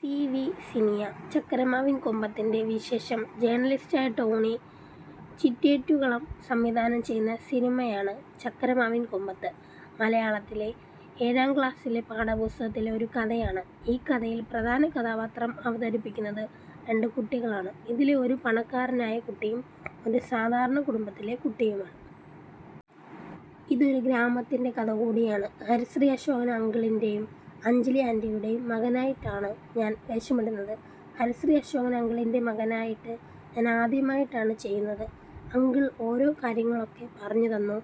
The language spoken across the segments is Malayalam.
സി. വി സിനിയ ചക്കരമാവിൻ കൊമ്പത്തിൻറെ വിശേഷം ജേണലിസ്റ്റായ ടോണി ചിറ്റേറ്റുകളം സംവിധാനം ചെയ്യുന്ന സിനിമയാണ് ചക്കരമാവിൻ കൊമ്പത്ത്. മലയാളത്തിലെ ഏഴാം ക്ലാസിലെ പാഠപുസ്തകത്തിലെ ഒരു കഥയാണ്. ഈ കഥയിൽ പ്രധാന കഥാപാത്രം അവതരിപ്പിക്കുന്നത് രണ്ട് കുട്ടികളാണ്. ഇതിലെ ഒരു പണക്കാരനായ കുട്ടിയും ഒരു സാധാരണ കുടുംബത്തിലെ കുട്ടിയുമാണ്. ഇതൊരു ഗ്രാമത്തിൻറെ കഥകൂടിയാണ്. ഹരിശ്രീ അശോകൻ അങ്കിളിന്റെയും അഞ്ജലി ആന്റിയുടെയും മകനായിട്ടാണ് ഞാൻ വേഷമിടുന്നത്. ഹരിശ്രീ അശോകൻ അങ്കിളിൻറെ മകനായിട്ട് ഞാൻ ആദ്യമായിട്ടാണ് ചെയ്യുന്നത്. അങ്കിൾ ഓരോ കാര്യങ്ങളൊക്കെ പറഞ്ഞു തന്നു.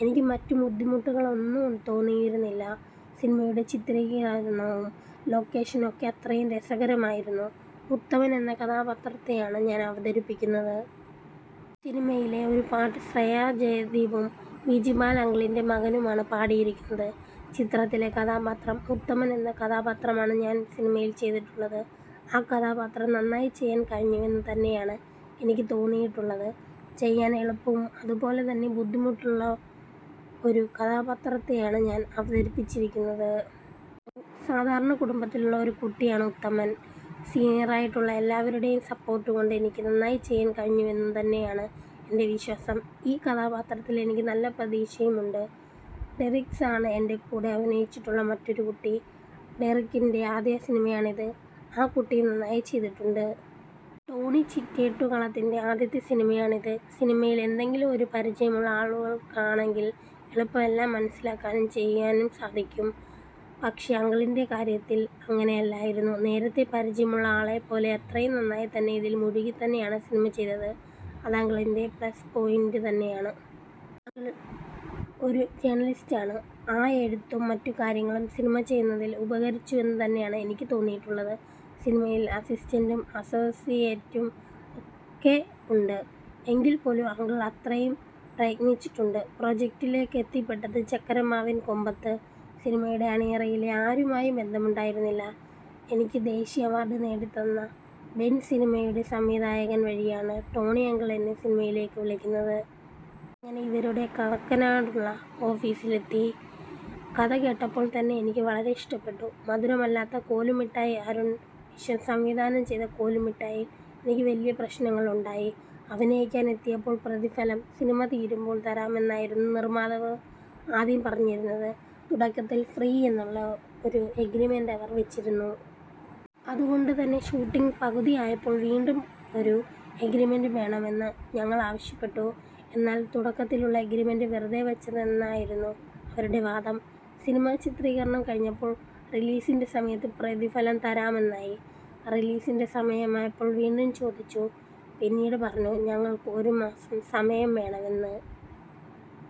എനിക്ക് മറ്റ് ബുദ്ധിമുട്ടുകളൊന്നും തോന്നിയിരുന്നില്ല. സിനിമയുടെ ചിത്രീകരണവും ലൊക്കേഷനൊക്കെ അത്രയും രസകരമായിരുന്നു. ഉത്തമൻ എന്ന കഥാപാത്രത്തെയാണ് ഞാൻ അവതരിപ്പിക്കുന്നത്. സിനിമയിലെ ഒരു പാട്ട് ശ്രേയ ജയദീപും ബിജിപാൽ അങ്കിളിൻറെ മകനുമാണ് പാടിയിരിക്കുന്നത്. ചിത്രത്തിലെ കഥാപാത്രം ഉത്തമൻ എന്ന കഥാപാത്രമാണ് ഞാൻ സിനിമയിൽ ചെയ്തിട്ടുള്ളത്. ആ കഥാപാത്രം നന്നായി ചെയ്യാൻ കഴിഞ്ഞുവെന്ന് തന്നെയാണ് എനിക്ക് തോന്നിയിട്ടുള്ളത്. ചെയ്യാൻ എളുപ്പവും അതുപോലെ തന്നെ ബുദ്ധിമുട്ടുള്ള ഒരു കഥാപാത്രത്തെയാണ് ഞാൻ അവതരിപ്പിച്ചിരിക്കുന്നത്. ഒരു സാധാരണകുടുംബത്തിലുള്ള ഒരു കുട്ടിയാണ് ഉത്തമൻ. സിനീയറായിട്ടുള്ള എല്ലാവരുടെയും സപ്പോർട്ടുകൊണ്ട് എനിക്ക് നന്നായി ചെയ്യാൻ കഴിഞ്ഞുവെന്നു തന്നെയാണ് എൻറെ വിശ്വാസം. ഈ കഥാപാത്രത്തിൽ എനിക്ക് നല്ല പ്രതീക്ഷയും ഉണ്ട്. ഡെറിക്സാണ് എൻറെ കൂടെ അഭിനയിച്ചിട്ടുള്ള മറ്റൊരു കുട്ടി. ഡെറിക്കിൻറെ ആദ്യ സിനിമയാണിത്. ആ കുട്ടിയും നന്നായി ചെയ്തിട്ടുണ്ട്. ടോണി ചിറ്റേട്ടുകളത്തിൻറെ ആദ്യത്തെ സിനിമയാണിത്. സിനിമയിൽ എന്തെങ്കിലും ഒരു പരിചയമുള്ള ആളുകൾക്കാണെങ്കിൽ എളുപ്പം എല്ലാം മനസ്സിലാക്കാനും ചെയ്യാനും സാധിക്കും. പക്ഷേ അങ്കിളിൻറെ കാര്യത്തിൽ അങ്ങനെയല്ലായിരുന്നു. നേരത്തെ പരിചയമുള്ള ആളെ പോലെ അത്രയും നന്നായി തന്നെ ഇതിൽ മുഴുകി തന്നെയാണ് സിനിമ ചെയ്തത്. അത് അങ്കിളിൻറെ പ്ലസ് പോയിൻറെ തന്നെയാണ്. അങ്കിൾ ഒരു ജേർണലിസ്റ്റാണ്. ആ എഴുത്തും മറ്റുകാര്യങ്ങളും സിനിമ ചെയ്യുന്നതിൽ ഉപകരിച്ചുവെന്ന് തന്നെയാണ് എനിക്ക് തോന്നിയിട്ടുള്ളത്. സിനിമയിൽ അസിസ്റ്റന്റും അസോസിയേറ്റും ഒക്കെ ഉണ്ട്. എങ്കിൽ പോലും അങ്കിൾ അത്രയും പ്രയത്നിച്ചിട്ടുണ്ട്. പ്രൊജക്ടിലേക്ക് എത്തിപ്പെട്ടത് ചക്കരമാവിൻ കൊമ്പത്ത് സിനിമയുടെ അണിയറയിലെ എനിക്ക് ആരുമായും ബന്ധമുണ്ടായിരുന്നില്ല. എനിക്ക് ദേശീയ അവാർഡ് നേടി തന്നെ ബെൻ സിനിമയുടെ സംവിധായകൻ വഴിയാണ് ടോണി അങ്കിൾ എന്നെ സിനിമയിലേക്ക് വിളിക്കുന്നത്. അങ്ങനെ ഇവരുടെ കാക്കനാടുള്ള ഓഫീസിൽ എത്തി. കഥ കേട്ടപ്പോൾ തന്നെ എനിക്ക് വളരെ ഇഷ്ടപ്പെട്ടു. മധുരമല്ലാത്ത കോലുമിഠായി അരുൺ വിശ്വം സംവിധാനം ചെയ്ത കോലുമിഠായിൽ എനിക്ക് വലിയ പ്രശ്നങ്ങളുണ്ടായി. അഭിനയിക്കാൻ എത്തിയപ്പോൾ പ്രതിഫലം സിനിമ തീരുമ്പോൾ തരാമെന്നായിരുന്നു നിർമാതാവ് ആദ്യം പറഞ്ഞിരുന്നത്. തുടക്കത്തിൽ ഫ്രീ എന്നുള്ള ഒരു എഗ്രിമെൻറ് അവർ വച്ചിരുന്നു. അതുകൊണ്ട് തന്നെ ഷൂട്ടിംഗ് പകുതിയായപ്പോൾ വീണ്ടും ഒരു എഗ്രിമെൻറ് വേണമെന്ന് ഞങ്ങൾ ആവശ്യപ്പെട്ടു. എന്നാൽ തുടക്കത്തിലുള്ള എഗ്രിമെൻറ് വെറുതെ വച്ചതെന്നായിരുന്നു അവരുടെ വാദം. സിനിമ ചിത്രീകരണം കഴിഞ്ഞപ്പോൾ റിലീസിൻറെ സമയത്ത് പ്രതിഫലം തരാമെന്നായി. റിലീസിൻറെ സമയമായപ്പോൾ വീണ്ടും ചോദിച്ചു. പിന്നീട് പറഞ്ഞു ഞങ്ങൾക്ക് ഒരുമാസം സമയം വേണമെന്ന്.